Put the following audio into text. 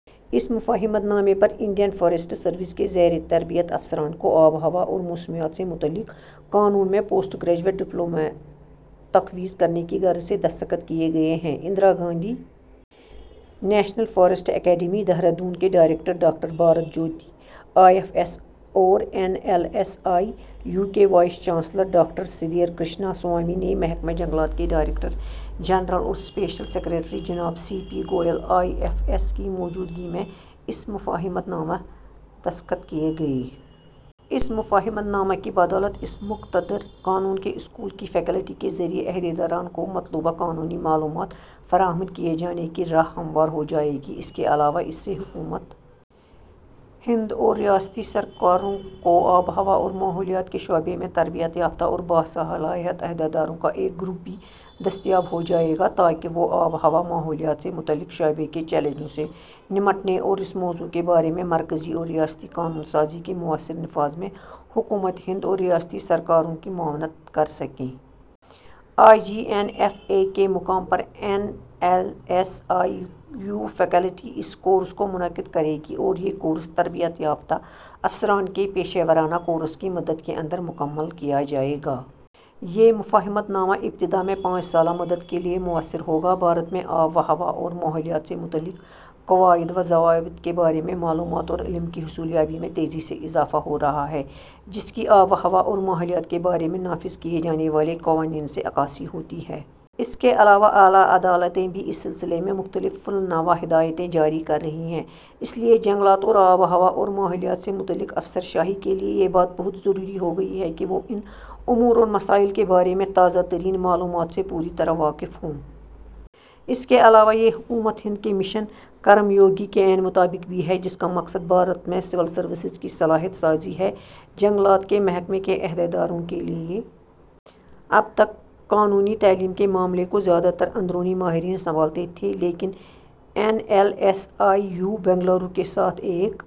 اس مفاہمت نامہ پر انڈین فوریسٹ سروس کے زیر تربیت افسران کو آب وہوا اور موسمیات سے متعلق قانون میں پوسٹ گریجویٹ ڈپلومہ تفویض کرنے کی غرض سے دستخط کئے گئے ہیں۔ Indira Gandhi national forest academy Dehradun کے director doctor Bharat Jyoti I F S اور N L S I U کے vice chancellor doctor Sudhir Krishnaswamy نے محکمہ جنگلات کے ڈائریکٹر جنرل اور اسپیشل سکریٹری جناب C P Goel I F S کی موجودگی میں اس مفاہمت نامہ دستخط کئے گئے۔ اس مفاہمت نامہ کی بدولت، اس مقتدر قانون کے اسکول کی فیکلٹی کے ذریعہ عہدیداران کو مطلوبہ قانونی معلومات فراہم کئے جانے کی راہ ہموار ہوجائے گی۔ اس کے علاوہ اس سے حکومت ہند اور ریاستی سرکاروں کو آب وہوا اور ماحولیات کے شعبے میں تربیت یافتہ اور باصلاحیت عہدیداروں کا ایک گروپ بھی دستیاب ہوجائے گا، تاکہ وہ آب وہوا، ماحولیات سے متعلق شعبے کے چیلنجوں سے نمٹنے اور اس موضوع کے بارے میں مرکزی اور ریاستی قانون سازی کے مؤثر نفاذ میں حکومت ہند اور ریاستی سرکاروں کی معاونت کرسکیں۔ آئی جی این ایف اے کے مقام پر N L S I U faculty, اس کورس کو منعقد کرے گی اور یہ کورس، تربیت یافتہ افسران کے پیشہ ورانہ کورس کی مدت کے اندر مکمل کرلیا جائے گا۔ یہ مفاہمت نامہ، ابتدا میں پانچ سالہ مدت کیلئے مؤثر ہوگا۔ بھارت میں آب وہوا اور ماحولیات سے متعلق قواعد وضوابط کے بارے میں معلومات اور علم کی حصولیابی میں تیزی سے اضافہ ہورہا ہے، جس کی آب وہوا اور ماحولیات کے بارے میں نافذ کئے جانے والے قوانین سے عکاسی ہوتی ہے۔ اس کے علاوہ اعلیٰ عدالتیں بھی اس سلسلے میں مختلف النوع ہدایتیں جاری کررہی ہے۔ اس لیے، جنگلات اور آب وہوا اور ماحولیات سے متعلق افسر شاہی کے لئے یہ بات بہت ضروری ہوگئی ہے کہ وہ ان امور اور مسائل کے بارے میں تازہ ترین معلومات سے پوری طرح واقف ہوں۔ اس کے علاوہ یہ حکومت ہند کے مشن، کرم یوگی کے عین مطابق بھی ہے، جس کا مقصد بھارت میں سول سروسز کی صلاحیت سازی ہے۔ جنگلات کے محکمے کے عہدیداروں کے لئے اب تک قانونی تعلیم کے معاملے کو زیادہ تر اندرونی ماہرین سنبھالتے تھے، لیکن N L S I U Bengaluru کے ساتھ ایک